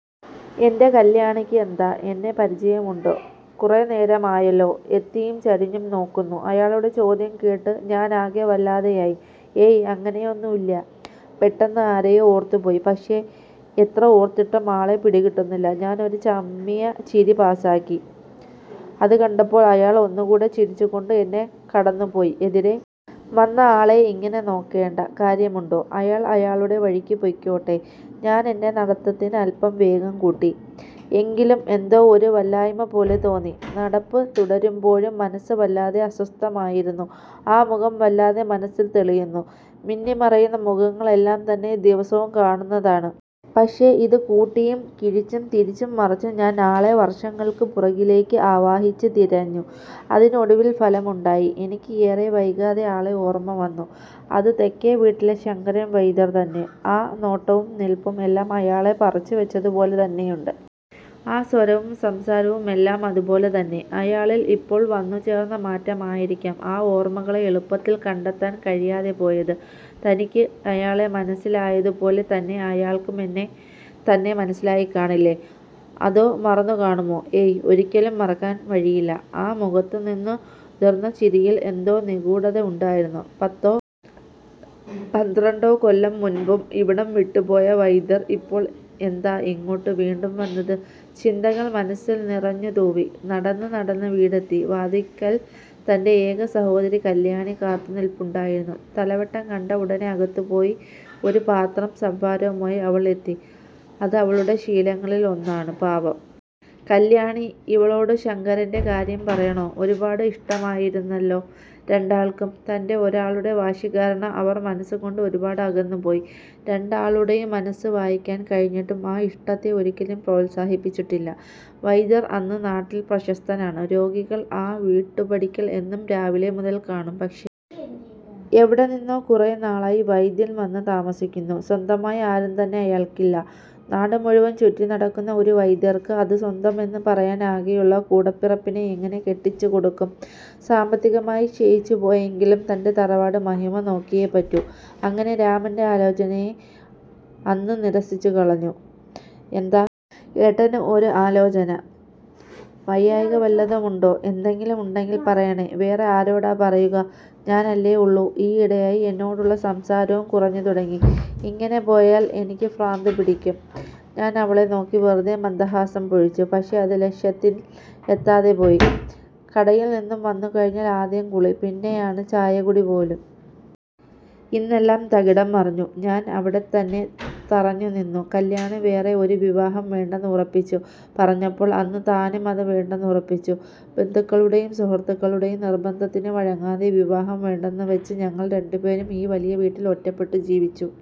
എൻ്റെ കല്യാണിക്ക് എന്താ, എന്നെ പരിചയം ഉണ്ടോ. കുറെ നേരമായല്ലോ എത്തിയും ചരിഞ്ഞും നോക്കുന്നു. അയാളുടെ ചോദ്യം കേട്ട് ഞാൻ ആകെ വല്ലാതെയായി. ഏയ്, അങ്ങനെയൊന്നൂല്ല്യ. പെട്ടെന്ന് ആരെയോ ഓർത്ത് പോയി. പക്ഷേ എത്ര ഓർത്തിട്ടും ആളെ പിടികിട്ടുന്നില്ല. ഞാൻ ഒരു ചമ്മിയ ചിരി പാസ്സാക്കി. അത് കണ്ടപ്പോൾ അയാൾ ഒന്നു കൂടെ ചിരിച്ചുകൊണ്ട് എന്നെ കടന്നുപോയി. എതിരെ വന്ന ആളെ ഇങ്ങനെ നോക്കേണ്ട കാര്യമുണ്ടോ. അയാൾ അയാളുടെ വഴിക്ക് പൊയ്ക്കോട്ടെ. ഞാൻ എൻ്റെ നടത്തത്തിന് അല്പം വേഗം കൂട്ടി. എങ്കിലും എന്തോ ഒരു വല്ലായ്മ പോലെ തോന്നി. നടപ്പ് തുടരുമ്പോഴും മനസ്സ് വല്ലാതെ അസ്വസ്ഥമായിരുന്നു.ആ മുഖം വല്ലാതെ മനസ്സിൽ തെളിയുന്നു. മിന്നിമറയുന്ന മുഖങ്ങൾ എല്ലാം തന്നെ ദിവസവും കാണുന്നതാണ്. പക്ഷേ ഇത് കൂട്ടിയും കിഴിച്ചും തിരിച്ചും മറിച്ചും ഞാൻ ആളെ വർഷങ്ങൾക്ക് പുറകിലേക്ക് ആവാഹിച്ച് തിരഞ്ഞു. അതിന് ഒടുവിൽ ഫലം ഉണ്ടായി. എനിക്ക് ഏറെ വൈകാതെ ആളെ ഓർമ വന്നു.അത് തെക്കേ വീട്ടിലെ ശങ്കരൻ വൈദ്യർ തന്നെ. ആ നോട്ടവും നിൽപ്പും എല്ലാം അയാളെ പറിച്ചുവച്ചതുപോലെ തന്നെയുണ്ട്. ആ സ്വരവും സംസാരവും എല്ലാം അതുപോലെ തന്നെ. അയാളിൽ ഇപ്പോൾ വന്നുചേർന്ന മാറ്റമായിരിക്കാം ആ ഓർമകളെ എളുപ്പത്തിൽ കണ്ടെത്താൻ കഴിയാതെ പോയത്. തനിക്ക് അയാളെ മനസ്സിലായതുപോലെ തന്നെ അയാൾക്കും തന്നെ മനസ്സിലായി കാണില്ലേ. അതോ മറന്നുകാണുമോ. ഏയ്, ഒരിക്കലും മറക്കാൻ വഴിയില്ല. ആ മുഖത്തുനിന്നുതിർന്ന ചിരിയിൽ എന്തോ നിഗൂഢത ഉണ്ടായിരുന്നു. പത്തോ പന്ത്രണ്ടോ കൊല്ലം മുൻപ് ഇവിടം വിട്ടുപോയ വൈദ്യർ ഇപ്പോൾ എന്താ ഇങ്ങോട്ട് വീണ്ടും വന്നത്. ചിന്തകൾ മനസ്സിൽ നിറഞ്ഞുതൂവി. നടന്ന് നടന്ന് വീടെത്തി. വാതിൽക്കൽ തൻ്റെ ഏക സഹോദരി കല്യാണി കാത്തുനിൽപ്പുണ്ടായിരുന്നു. തലവെട്ടം കണ്ട ഉടനെ അകത്തുപോയി ഒരു പാത്രം സംഭാരവുമായി അവൾ എത്തി. അത് അവളുടെ ശീലങ്ങളിൽ ഒന്നാണ്. പാവം കല്യാണി. ഇവളോട് ശങ്കരൻ്റെ കാര്യം പറയണോ. ഒരുപാട് ഇഷ്ടമായിരുന്നല്ലോ രണ്ടാൾക്കും. തൻ്റെ ഒരാളുടെ വാശികാരണം അവർ മനസ്സുകൊണ്ട് ഒരുപാട് അകന്നുപോയി. രണ്ടാളുടെയും മനസ്സ് വായിക്കാൻ കഴിഞ്ഞിട്ടും ആ ഇഷ്ടത്തെ ഒരിക്കലും പ്രോത്സാഹിപ്പിച്ചില്ല. വൈദ്യർ അന്ന് നാട്ടിൽ പ്രശസ്തനാണ്. രോഗികൾ ആ വീട്ടുപടിക്കൽ എന്നും രാവിലെ മുതൽ കാണും.പക്ഷേ, എവിടെ നിന്നോ കുറെ നാളായി വൈദ്യൻ വന്നു താമസിക്കുന്നു. സ്വന്തമായി ആരും തന്നെ അയാൾക്കില്ല. നാടുമുഴുവൻ ചുറ്റിനടക്കുന്ന ഒരു വൈദ്യർക്ക് അതും സ്വന്തം എന്ന് പറയാൻ ആകെയുള്ള കൂടപ്പിറപ്പിനെ എങ്ങനെ കെട്ടിച്ചുകൊടുക്കും. സാമ്പത്തികമായി ക്ഷയിച്ചുപോയെങ്കിലും തൻ്റെ തറവാട് മഹിമ നോക്കിയേ പറ്റൂ. അങ്ങനെ രാമൻ്റെ ആലോചനയെ അന്ന് നിരസിച്ചുകളഞ്ഞു. എന്താ ഏട്ടന് ഒരു ആലോചന. വയ്യായ്ക വല്ലതും ഉണ്ടോ. എന്തെങ്കിലും ഉണ്ടെങ്കിൽ പറയണേ. വേറെ ആരോടാ പറയുക. ഞാൻ അല്ലേ ഉള്ളൂ. ഈയിടെയായി എന്നോടുള്ള സംസാരവും കുറഞ്ഞുതുടങ്ങി. ഇങ്ങനെ പോയാൽ എനിക്ക് ഭ്രാന്തുപിടിക്കും. ഞാൻ അവളെ നോക്കി വെറുതെ മന്ദഹാസം പൊഴിച്ചു. പക്ഷേ അത് ലക്ഷ്യത്തിൽ എത്താതെപോയി. കടയിൽനിന്നും വന്നുകഴിഞ്ഞാൽ ആദ്യം കുളി, പിന്നെയാണ് ചായകുടി പോലും. ഇന്ന് എല്ലാം തകിടംമറിഞ്ഞു. ഞാൻ അവിടെത്തന്നെ തറഞ്ഞുനിന്നു. കല്യാണി വേറെ ഒരു വിവാഹം വേണ്ടെന്ന് ഉറപ്പിച്ചു പറഞ്ഞപ്പോൾ അന്ന് താനും അത് വേണ്ടെന്ന് ഉറപ്പിച്ചു. ബന്ധുക്കളുടെയും സുഹൃത്തുക്കളുടെയും നിർബന്ധത്തിന് വഴങ്ങാതെ വിവാഹം വേണ്ടെന്നുവച്ച് ഞങ്ങൾ രണ്ടുപേരും ഈ വലിയ വീട്ടിൽ ഒറ്റപ്പെട്ടു ജീവിച്ചു.